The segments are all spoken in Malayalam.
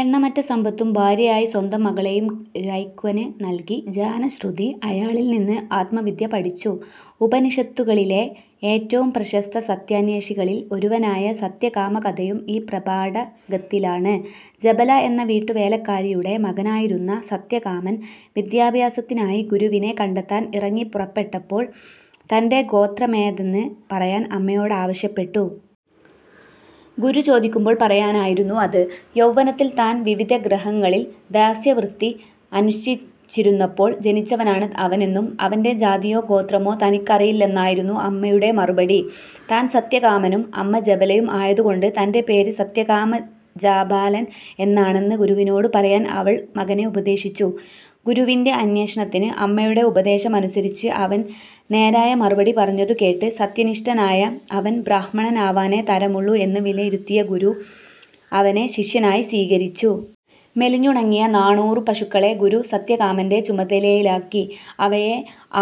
എണ്ണമറ്റ സമ്പത്തും ഭാര്യയായി സ്വന്തം മകളേയും രൈക്വന് നൽകി ജാനശ്രുതി അയാളിൽ നിന്ന് ആത്മവിദ്യ പഠിച്ചു. ഉപനിഷത്തുകളിലെ ഏറ്റവും പ്രശസ്ത സത്യാന്വേഷികളിൽ ഒരുവനായ സത്യകാമ കഥയും ഈ പ്രപാഠകത്തിലാണ്. ജബല എന്ന വീട്ടുവേലക്കാരിയുടെ മകനായിരുന്ന സത്യകാമൻ വിദ്യാഭ്യാസത്തിനായി ഗുരുവിനെ കണ്ടെത്താൻ ഇറങ്ങിപ്പുറപ്പെട്ടപ്പോൾ, തന്റെ ഗോത്രമേതെന്ന് പറയാൻ അമ്മയോടാവശ്യപ്പെട്ടു. ഗുരു ചോദിക്കുമ്പോൾ പറയാനായിരുന്നു അത്. യൗവനത്തിൽ താൻ വിവിധഗൃഹങ്ങളിൽ ദാസ്യവൃത്തി അനുഷ്ഠിച്ചിരുന്നപ്പോൾ ജനിച്ചവനാണ് അവനെന്നും അവന്റെ ജാതിയോ ഗോത്രമോ തനിക്കറിയില്ലെന്നായിരുന്നു അമ്മയുടെ മറുപടി. താൻ സത്യകാമനും അമ്മ ജബലയും ആയതുകൊണ്ട് തന്റെ പേര് സത്യകാമജാബാലൻ എന്നാണെന്ന് ഗുരുവിനോടു പറയാൻ അവൾ മകനെ ഉപദേശിച്ചു. ഗുരുവിന്റെ അന്വേഷണത്തിന് അമ്മയുടെ ഉപദേശമനുസരിച്ച് അവൻ നേരായ മറുപടി പറഞ്ഞതുകേട്ട്, സത്യനിഷ്ഠനായ അവൻ ബ്രാഹ്മണനാവാനേ തരമുള്ളു എന്ന് വിലയിരുത്തിയ ഗുരു അവനെ ശിഷ്യനായി സ്വീകരിച്ചു. മെലിഞ്ഞുണങ്ങിയ നാണൂറു പശുക്കളെ ഗുരു സത്യകാമന്റെ ചുമതലയിലാക്കി. അവയെ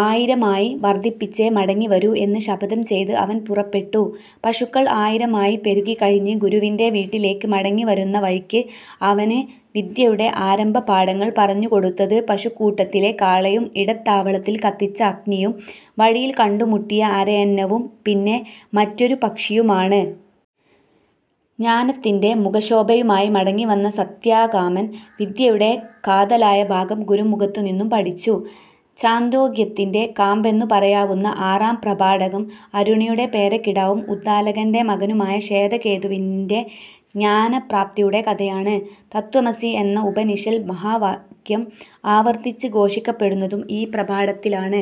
ആയിരമായി വർദ്ധിപ്പിച്ചേ മടങ്ങി വരൂ എന്ന് ശപഥം ചെയ്ത് അവൻ പുറപ്പെട്ടു. പശുക്കൾ ആയിരമായി പെരുകിക്കഴിഞ്ഞ് ഗുരുവിന്റെ വീട്ടിലേയ്ക്ക് മടങ്ങിവരുന്ന വഴിയ്ക്ക് അവന് വിദ്യയുടെ ആരംഭപാഠങ്ങൾ പറഞ്ഞുകൊടുത്തത് പശുക്കൂട്ടത്തിലെ കാളയും, ഇടത്താവളത്തിൽ കത്തിച്ച അഗ്നിയും, വഴിയിൽ കണ്ടുമുട്ടിയ അരയന്നവും പിന്നെ മറ്റൊരു പക്ഷിയുമാണ്. ജ്ഞാനത്തിന്റെ മുഖശോഭയുമായി മടങ്ങിവന്ന സത്യാകാമൻ വിദ്യയുടെ കാതലായ ഭാഗം ഗുരുമുഖത്തുനിന്നും പഠിച്ചു. ഛാന്ദോഗ്യത്തിന്റെ കാമ്പെന്നു പറയാവുന്ന ആറാം പ്രപാഠകം, അരുണിയുടെ പേരക്കിടാവും ഉദ്ദാലകന്റെ മകനുമായ ശ്വേതകേതുവിന്റെ ജ്ഞാനപ്രാപ്തിയുടെ കഥയാണ്. തത്ത്വമസി എന്ന ഉപനിഷൽ മഹാവാക്യം ആവർത്തിച്ച് ഘോഷിക്കപ്പെടുന്നതും ഈ പ്രപാഠത്തിലാണ്.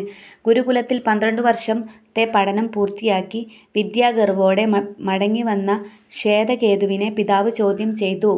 ഗുരുകുലത്തിൽ പന്ത്രണ്ടുവർഷത്തെ പഠനം പൂർത്തിയാക്കി വിദ്യാഗർവ്വോടെ മടങ്ങി വന്ന ശ്വേതകേതുവിനെ പിതാവ് ചോദ്യം ചെയ്തു.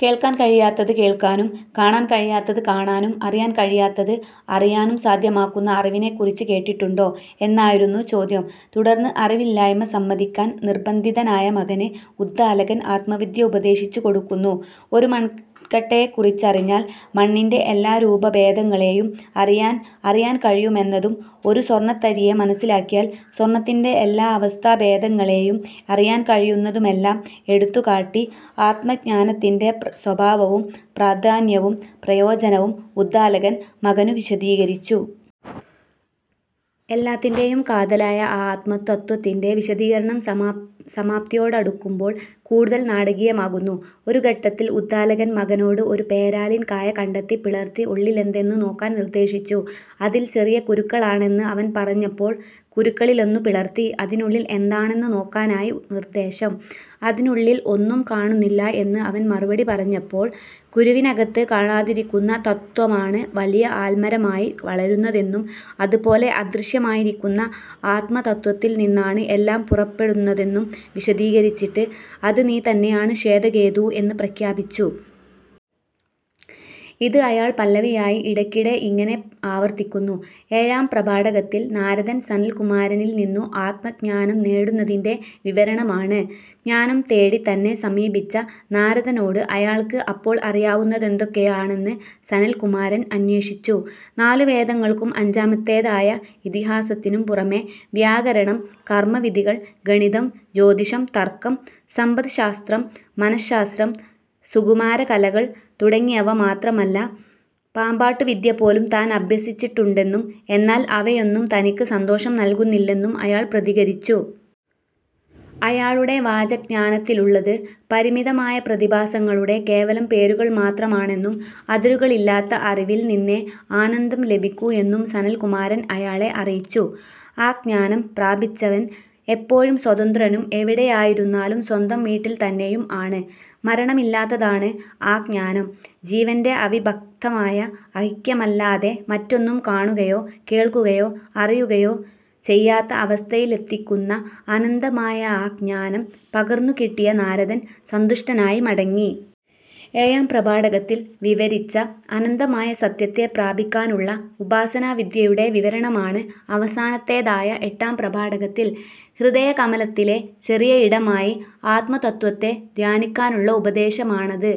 "കേൾക്കാൻ കഴിയാത്തത് കേൾക്കാനും, കാണാൻ കഴിയാത്തത് കാണാനും, അറിയാൻ കഴിയാത്തത് അറിയാനും സാധ്യമാക്കുന്ന അറിവിനെക്കുറിച്ച് കേട്ടിട്ടുണ്ടോ" എന്നായിരുന്നു ചോദ്യം. തുടർന്ന്, അറിവില്ലായ്മ സമ്മതിക്കാൻ നിർബ്ബന്ധിതനായ മകന് ഉദ്ദാലകൻ ആത്മവിദ്യ ഉപദേശിച്ചു കൊടുക്കുന്നു. ഒരു മൺകട്ടയെക്കുറിച്ചറിഞ്ഞാൽ മണ്ണിന്റെ എല്ലാരൂപഭേദങ്ങളേയും അറിയാൻ അറിയാൻ കഴിയുമെന്നതും, ഒരു സ്വർണ്ണത്തരിയെ മനസ്സിലാക്കിയാൽ സ്വർണ്ണത്തിന്റെ എല്ലാ അവസ്ഥാഭേദങ്ങളേയും അറിയാൻ കഴിയുന്നതുമെല്ലാം എടുത്തുകാട്ടി ആത്മജ്ഞാനത്തിന്റെ സ്വഭാവവും പ്രാധാന്യവും പ്രയോജനവും ഉദ്ദാലകൻ മകനു വിശദീകരിച്ചു. എല്ലാത്തിന്റേയും കാതലായ ആ ആത്മതത്ത്വത്തിന്റെ വിശദീകരണം സമാപ്തിയോടടുക്കുമ്പോൾ കൂടുതൽ നാടകീയമാകുന്നു. ഒരു ഘട്ടത്തിൽ ഉദ്ദാലകൻ മകനോട് ഒരു പേരാലിൻ കായ കണ്ടെത്തി പിളർത്തി ഉള്ളിലെന്തെന്നു നോക്കാൻ നിർദ്ദേശിച്ചു. അതിൽ ചെറിയ കുരുക്കളാണെന്ന് അവൻ പറഞ്ഞപ്പോൾ കുരുക്കളിലൊന്നു പിളർത്തി, അതിനുള്ളിൽ എന്താണെന്നു നോക്കാനായി നിർദ്ദേശം. അതിനുള്ളിൽ ഒന്നും കാണുന്നില്ല എന്ന് അവൻ മറുപടി പറഞ്ഞപ്പോൾ, കുരുവിനകത്ത് കാണാതിരിക്കുന്ന തത്ത്വമാണ് വലിയ ആൽമരമായി വളരുന്നതെന്നും അതുപോലെ അദൃശ്യമായിരിക്കുന്ന ആത്മതത്ത്വത്തിൽ നിന്നാണ് എല്ലാം പുറപ്പെടുന്നതെന്നും വിശദീകരിച്ചിട്ട്, "അത് നീ തന്നെയാണ് ശ്വേതകേതൂ" എന്ന് പ്രഖ്യാപിച്ചു. ഇത് അയാൾ പല്ലവിയായി ഇടക്കിടെ ഇങ്ങനെ ആവർത്തിക്കുന്നു:- ഏഴാം പ്രപാഠകത്തിൽ നാരദൻ സനൽകുമാരനിൽ നിന്നു ആത്മജ്ഞാനം നേടുന്നതിന്റെ വിവരണമാണ്. ജ്ഞാനം തേടി തന്നെ സമീപിച്ച നാരദനോട് അയാൾക്ക് അപ്പോൾ അറിയാവുന്നതെന്തൊക്കെയാണെന്ന് സനൽകുമാരൻ അന്വേഷിച്ചു. നാലു വേദങ്ങൾക്കും അഞ്ചാമത്തേതായ ഇതിഹാസത്തിനും പുറമേ വ്യാകരണം, കർമ്മവിധികൾ, ഗണിതം, ജ്യോതിഷം, തർക്കം, സമ്പദ്ശാസ്ത്രം, മനശാസ്ത്രം, സുകുമാരകലകൾ തുടങ്ങിയവ മാത്രമല്ല, പാമ്പാട്ടുവിദ്യപോലും താൻ അഭ്യസിച്ചിട്ടുണ്ടെന്നും എന്നാൽ അവയൊന്നും തനിക്ക് സന്തോഷം നൽകുന്നില്ലെന്നും അയാൾ പ്രതികരിച്ചു. അയാളുടെ വാചജ്ഞാനത്തിലുള്ളത് പരിമിതമായ പ്രതിഭാസങ്ങളുടെ കേവലം പേരുകൾ മാത്രമാണെന്നും, അതിരുകളില്ലാത്ത അറിവിൽ നിന്നേ ആനന്ദം ലഭിക്കൂ എന്നും സനൽകുമാരൻ അയാളെ അറിയിച്ചു. ആ ജ്ഞാനം പ്രാപിച്ചവൻ എപ്പോഴും സ്വതന്ത്രനും എവിടെയായിരുന്നാലും സ്വന്തം വീട്ടിൽ തന്നെയും ആണ്. മരണമില്ലാത്തതാണ് ആ ജ്ഞാനം. ജീവന്റെ അവിഭക്തമായ ഐക്യമല്ലാതെ മറ്റൊന്നും കാണുകയോ, കേൾക്കുകയോ, അറിയുകയോ ചെയ്യാത്ത അവസ്ഥയിലെത്തിക്കുന്ന അനന്തമായ ആ ജ്ഞാനം പകർന്നുകിട്ടിയ നാരദൻ സന്തുഷ്ടനായി മടങ്ങി. ഏഴാം പ്രപാഠകത്തിൽ വിവരിച്ച അനന്തമായ സത്യത്തെ പ്രാപിക്കാനുള്ള ഉപാസനാവിദ്യയുടെ വിവരണമാണ് അവസാനത്തേതായ എട്ടാം പ്രപാഠകത്തിൽ. ഹൃദയകമലത്തിലെ ചെറിയ ഇടമായി ആത്മതത്ത്വത്തെ ധ്യാനിക്കാനുള്ള ഉപദേശമാണത്.